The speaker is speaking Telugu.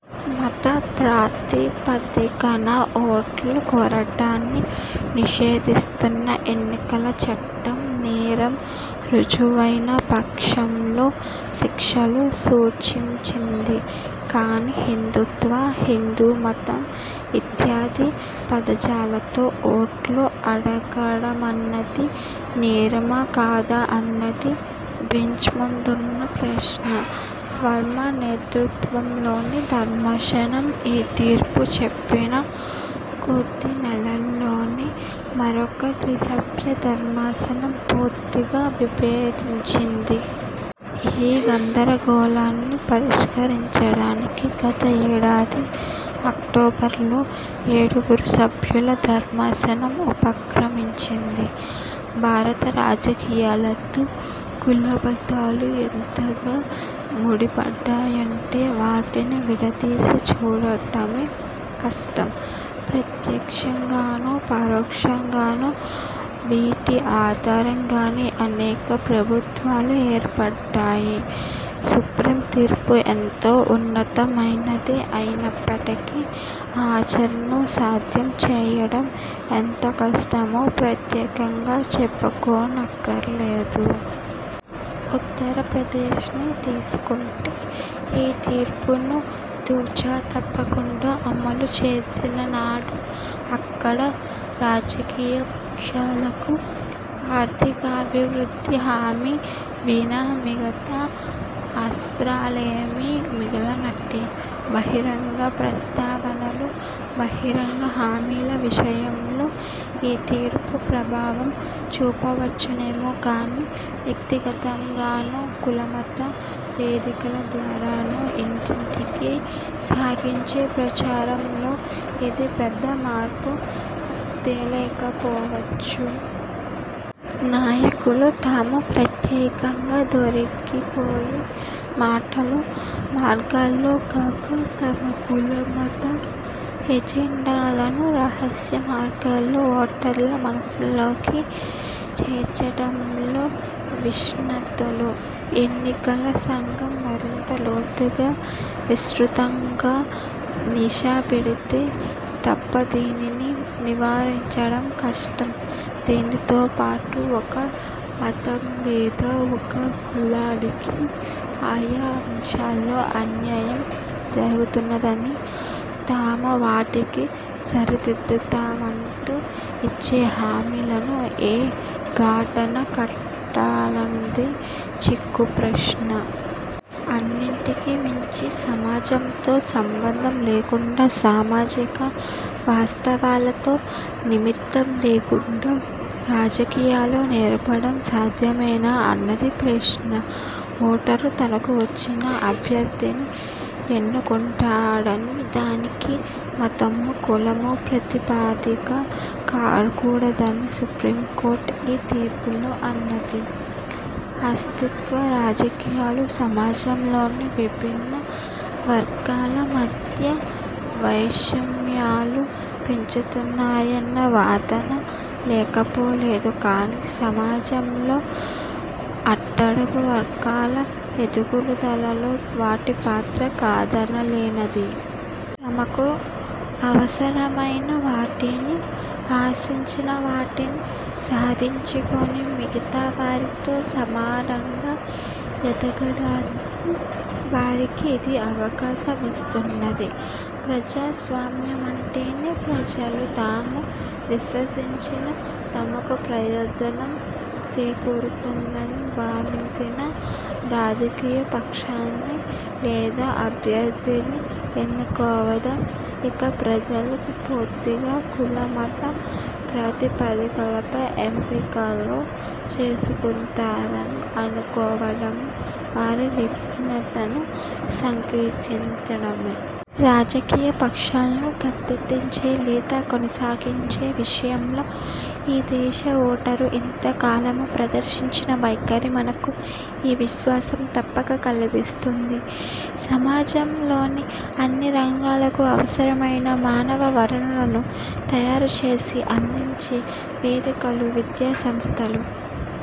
మత ప్రాతిపదికన ఓట్లు కోరడాన్ని నిషేధిస్తున్న ఎన్నికల చట్టం నేరం రుజువైన పక్షంలో శిక్షలూ సూచించింది. కానీ, హిందూత్వ, హిందూమతం ఇత్యాది పదజాలాలతో ఓట్లు అడగడమన్నది నేరమా కాదా అన్నది బెంచ్ముందున్న ప్రశ్న. వర్మ నేతృత్వంలోని ధర్మాసనం ఈ తీర్పు చెప్పిన కొద్దినెలల్లోనే, మరొక త్రిసభ్య ధర్మాసనం పూర్తిగా విభేదించింది. ఈ గందరగోళాన్ని పరిష్కరించడానికి గత ఏడాది అక్టోబర్లో ఏడుగురు సభ్యుల ధర్మాసనం ఉపక్రమించింది. భారత రాజకీయాలతో కులమతాలు ఎంతగా ముడివడ్డాయంటే వాటిని విడదీసి చూడటమే కష్టం. ప్రత్యక్షంగానో, పరోక్షంగానో వీటి ఆధారంగానే అనేక ప్రభుత్వాలు ఏర్పడ్డాయి. సుప్రీం తీర్పు ఎంతో ఉన్నతమైనదే అయినప్పటికీ, ఆచరణ సాధ్యం చేయడం ఎంత కష్టమో ప్రత్యేకంగా చెప్పుకోనక్కరలేదు. ఉత్తరప్రదేశ్నే తీసుకుంటే, ఈ తీర్పును తూచ తప్పకుండా అమలు చేసిననాడు అక్కడి రాజకీయపక్షాలకు ఆర్థికాభివృద్ధి హామీ వినా మిగతా అస్త్రాలేమీ మిగలనట్టే. బహిరంగ ప్రస్తావనలు, బహిరంగ హామీల విషయంలో ఈ తీర్పు ప్రభావం చూపవచ్చునేమో కానీ, వ్యక్తిగతంగానో, కులమత వేదికలద్వారానో, ఇంటింటికీ సాగించే ప్రచారంలోనో ఇది పెద్ద మార్పు తేలేకపోవచ్చు. నాయకులు తాము ప్రత్యక్షంగా దొరికిపోయే మాటలూ, మార్గాల్లో కాక, తమ కుల మత ఎజెండాలను రహస్యమార్గాల్లో ఓటర్ల మనస్సుల్లోకి చేర్చడంలో నిష్ణాతులు. ఎన్నికల సంఘం మరింత లోతుగా, విస్తృతంగా నిఘాపెడితే తప్ప దీనిని నివారించడం కష్టం. దీనితోపాటు, ఒక మతం లేదా ఒక కులానికి ఆయా అంశాల్లో అన్యాయం జరుగుతున్నదనీ, తాము వాటిని సరిదిద్దుతామంటూ ఇచ్చే హామీలను ఏ గాటన కట్టాలన్నది చిక్కుప్రశ్న. అన్నింటికీ మించి, సమాజంతో సంబంధం లేకుండా, సామాజిక వాస్తవాలతో నిమిత్తం లేకుండా రాజకీయాలు నెరపడం సాధ్యమేనా అన్నది ప్రశ్న. ఓటరు తనకు నచ్చిన అభ్యర్థిని ఎన్నుకుంటాడనీ, దానికి మతమో కులమో ప్రాతిపదిక కాకూడదని సుప్రీంకోర్టు ఈ తీర్పులో అన్నది. అస్తిత్వ రాజకీయాలు సమాజంలోని విభిన్నవర్గాల మధ్య వైషమ్యాలు పెంచుతున్నాయన్న వాదన లేకపోలేదు కానీ, సమాజంలోని అట్టడుగువర్గాల ఎదుగుదలలో వాటి పాత్ర కాదనలేనది. తమకు అవసరమైనవాటినీ, ఆశించినవాటినీ సాధించుకొని మిగతావారితో సమానంగా ఎదగడానికి వారికి ఇది అవకాశమిస్తున్నది. ప్రజాస్వామ్యమంటేనే ప్రజలు తాము విశ్వసించిన, తమకు ప్రయోజనం చేకూరుతుందని భావించిన రాజకీయపక్షాన్నీ లేదా అభ్యర్థిని ఎన్నుకోవడం. ఇక, ప్రజలు పూర్తిగా కుల, మత ప్రాతిపదికలపైనే ఎంపికలు చేసుకుంటారని అనుకోవడమూ వారి విజ్ఞతను శంకించడమే. రాజకీయపక్షాలను గద్దెదించే లేదా కొనసాగించే విషయంలో ఈ దేశ ఓటరు ఇంతకాలమూ ప్రదర్శించిన వైఖరి మనకు ఈ విశ్వాసం తప్పక కలిగిస్తుంది. సమాజంలోని అన్నిరంగాలకు అవసరమైన మానవ వనరులను తయారుచేసి, అందించే వేదికలు విద్యాసంస్థలు.